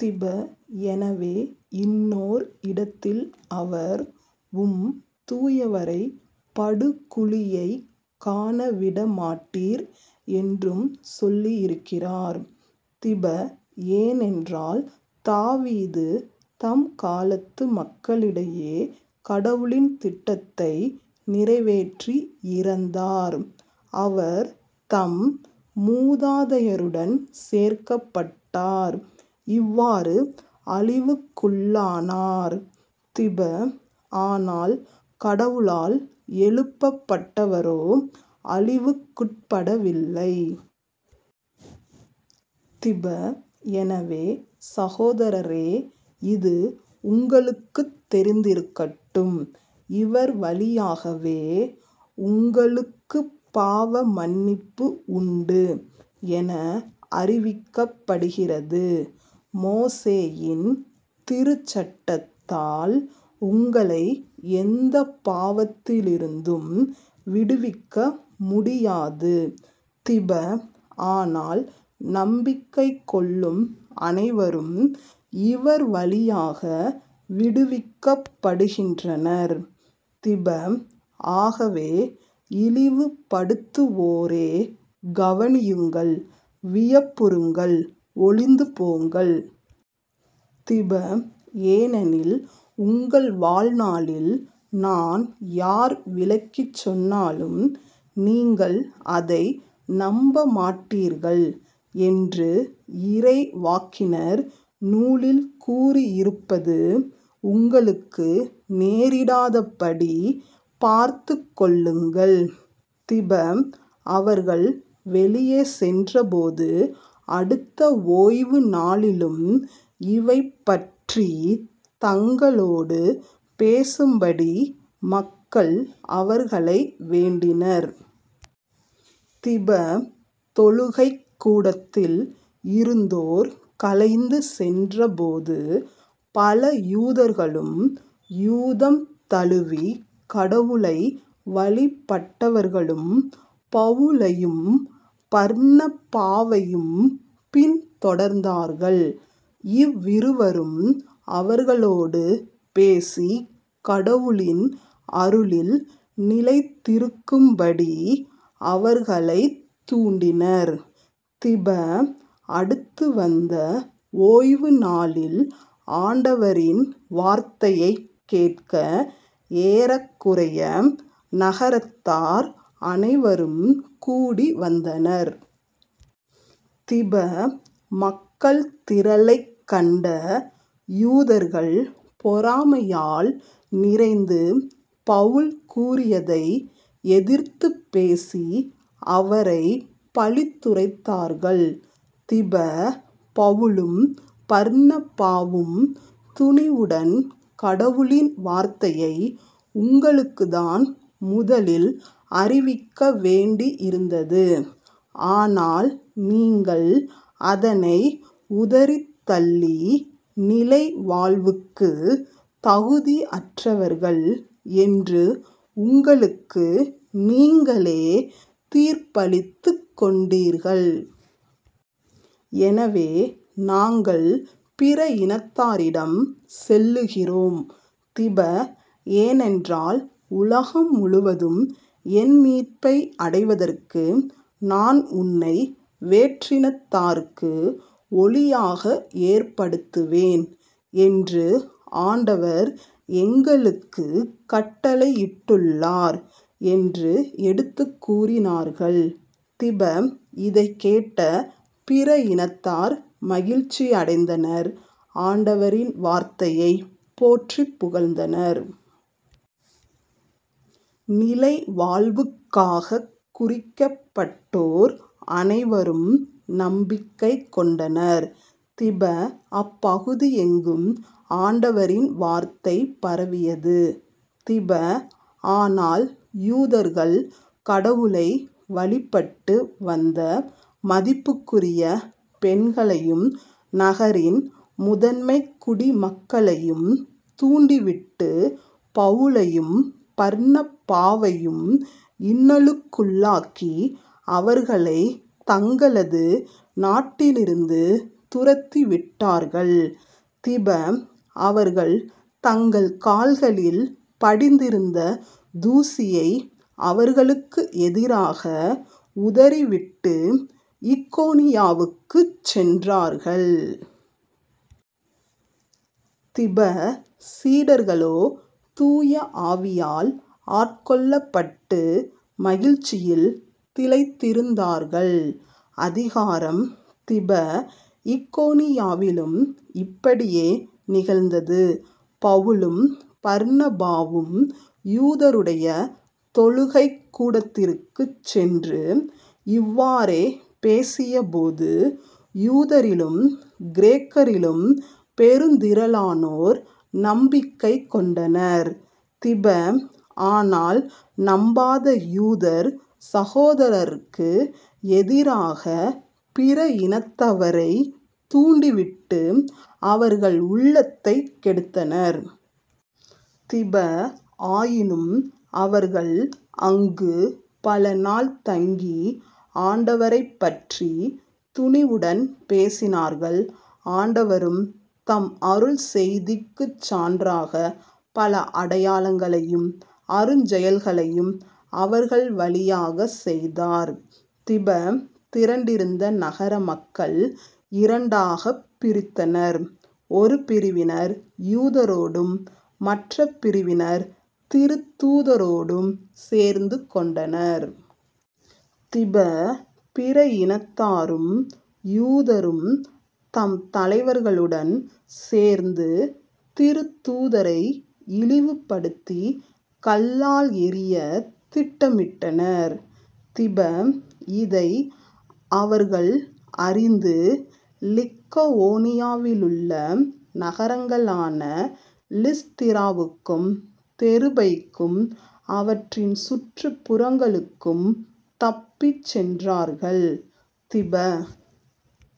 திப. எனவே இன்னோர் இடத்தில் அவர் " உம் தூயவரை படுகுழியைக் காணவிடமாட்டீர் " என்றும் சொல்லியிருக்கிறார். திப. ஏனென்றால் தாவீது தம் காலத்து மக்களிடையே கடவுளின் திட்டத்தை நிறைவேற்றி இறந்தார். அவர் தம் மூதாதையருடன் சேர்க்கப்பட்டார் இவ்வாறு அழிவுக்குள்ளானார். திப. ஆனால் கடவுளால் எழுப்பப்பட்டவரோ அழிவுக்குட்படவில்லை. திப. எனவே சகோதரரே இது உங்களுக்குத் தெரிந்திருக்கட்டும் இவர் வழியாகவே உங்களுக்கப் பாவ மன்னிப்பு உண்டு என அறிவிக்கப்படுகிறது. மோசேயின் திருச்சட்டத்தால் உங்களை எந்தப் பாவத்திலிருந்தும் விடுவிக்கமுடியாது. திப. ஆனால் நம்பிக்கை கொள்ளும் அனைவரும் இவர்வழியாக விடுவிக்கப்படுகின்றனர். திப. ஆகவே " இழிவுபடுத்துவோரே கவனியுங்கள், வியப்புறுங்கள், ஒழிந்து போங்கள். திப. ஏனெனில் உங்கள் வாழ்நாளில் நான் யார் விளக்கிச் சொன்னாலும் நீங்கள் அதை நம்பமாட்டீர்கள். " என்று இறைவாக்கினர் நூலில் கூறியிருப்பது உங்களுக்கு நேரிடாதபடி பார்த்துக்கொள்ளுங்கள். திப. அவர்கள் வெளியே சென்றபோது அடுத்த ஓய்வு நாளிலும் இவை பற்றித் தங்களோடு பேசும்படி மக்கள் அவர்களை வேண்டினர். திப. தொழுகைக் கூடத்தில் இருந்தோர் கலைந்து சென்றபோது பல யூதர்களும் யூதம் தழுவிக் கடவுளை வழிபட்டவர்களும் பவுலையும் பர்னபாவையும் பின் தொடர்ந்தார்கள். இவ்விருவரும் அவர்களோடு பேசிக் கடவுளின் அருளில் நிலைத்திருக்கும்படி அவர்களைத் தூண்டினர். திப. அடுத்து வந்த ஓய்வு நாளில் ஆண்டவரின் வார்த்தையைக் கேட்க ஏறக்குறைய நகரத்தார் அனைவரும் கூடி வந்தனர். திப. மக்கள் திரளைக் கண்ட யூதர்கள் பொறாமையால் நிறைந்து பவுல் கூறியதை எதிர்த்துப் பேசி அவரைப் பழித்துரைத்தார்கள். திப. பவுலும் பர்னபாவும் துணிவுடன் " கடவுளின் வார்த்தையை உங்களுக்குத்தான் முதலில் அறிவிக்க வேண்டியிருந்தது. ஆனால் நீங்கள் அதனை உதறித் தள்ளி நிலை வாழ்வுக்குத் தகுதியற்றவர்கள் என்று உங்களுக்கு நீங்களே தீர்ப்பளித்துக் கொண்டீர்கள். எனவே நாங்கள் பிற இனத்தாரிடம் செல்லுகிறோம். திப. ஏனென்றால் " உலகம் முழுவதும் என் மீட்பை அடைவதற்கு நான் உன்னை வேற்றினத்தார்க்கு ஒளியாக ஏற்படுத்துவேன் " என்று ஆண்டவர் எங்களுக்குக் கட்டளையிட்டுள்ளார் " என்று எடுத்துக் கூறினார்கள். திப. இதைக் கேட்ட பிற இனத்தார் மகிழ்ச்சியடைந்தனர் ஆண்டவரின் வார்த்தையைப் போற்றிப் புகழ்ந்தனர். நிலைவாழ்வுக்காகக் குறிக்கப்பட்டோ ர் அனைவரும் நம்பிக்கை கொண்டனர். திப. அப்பகுதியெங்கும் ஆண்டவரின் வார்த்தை பரவியது. திப. ஆனால் யூதர்கள் கடவுளை வழிபட்டு வந்த மதிப்புக்குரிய பெண்களையும் நகரின் முதன்மைக் குடிமக்களையும் தூண்டிவிட்டு பவுலையும் பர்னபாவையும் இன்னலுக்குள்ளாக்கி அவர்களைத் தங்களது நாட்டிலிருந்து துரத்திவிட்டார்கள். திப. அவர்கள் தங்கள் கால்களில் படிந்திருந்த தூசியை அவர்களுக்கு எதிராக உதறிவிட்டு இக்கோனியாவுக்குச் சென்றார்கள். திப. சீடர்களோ தூய ஆவியால் ஆட்கொள்ளப்பட்டு மகிழ்ச்சியில் திளைத்திருந்தார்கள்.. அதிகாரம் திப. இக்கோனியாவிலும் இப்படியே நிகழ்ந்தது. பவுலும் பர்னபாவும் யூதருடைய தொழுகைக் கூடத்திற்குச் சென்று இவ்வாறே பேசியபோது யூதரிலும் கிரேக்கரிலும் பெருந் திரளானோர் நம்பிக்கை கொண்டனர். திப. ஆனால் நம்பாத யூதர் சகோதரருக்கு எதிராகப் பிற இனத்தவரைத் தூண்டிவிட்டு அவர்கள் உள்ளத்தைக் கெடுத்தனர். திப. ஆயினும் அவர்கள் அங்குப் பல நாள் தங்கி ஆண்டவரைப்பற்றித் துணிவுடன் பேசினார்கள். ஆண்டவரும் தம் அருள் செய்திக்குச் சான்றாகப் பல அடையாளங்களையும் அருஞ்செயல்களையும் அவர்கள் வழியாகச் செய்தார். திப. திரண்டிருந்த நகரமக்கள் இரண்டாகப் பிரித்தனர். ஒரு பிரிவினர் யூதரோடும் மற்றப் பிரிவினர் திருத்தூதரோடும் சேர்ந்துகொண்டனர். திப. பிற இனத்தாரும் யூதரும் தம் தலைவர்களுடன் சோந்து திருத்தூதரை இழிவுபடுத்தி கல்லால் எறியத் திட்டமிட்டனர். திப. இதை அவர்கள் அறிந்து லிக்கவோனியாவிலுள்ள நகரங்களான லிஸ்திராவுக்கும் தெருபைக்கும் அவற்றின் சுற்றுப்புறங்களுக்கும் தப்பிச் சென்றார்கள். திப.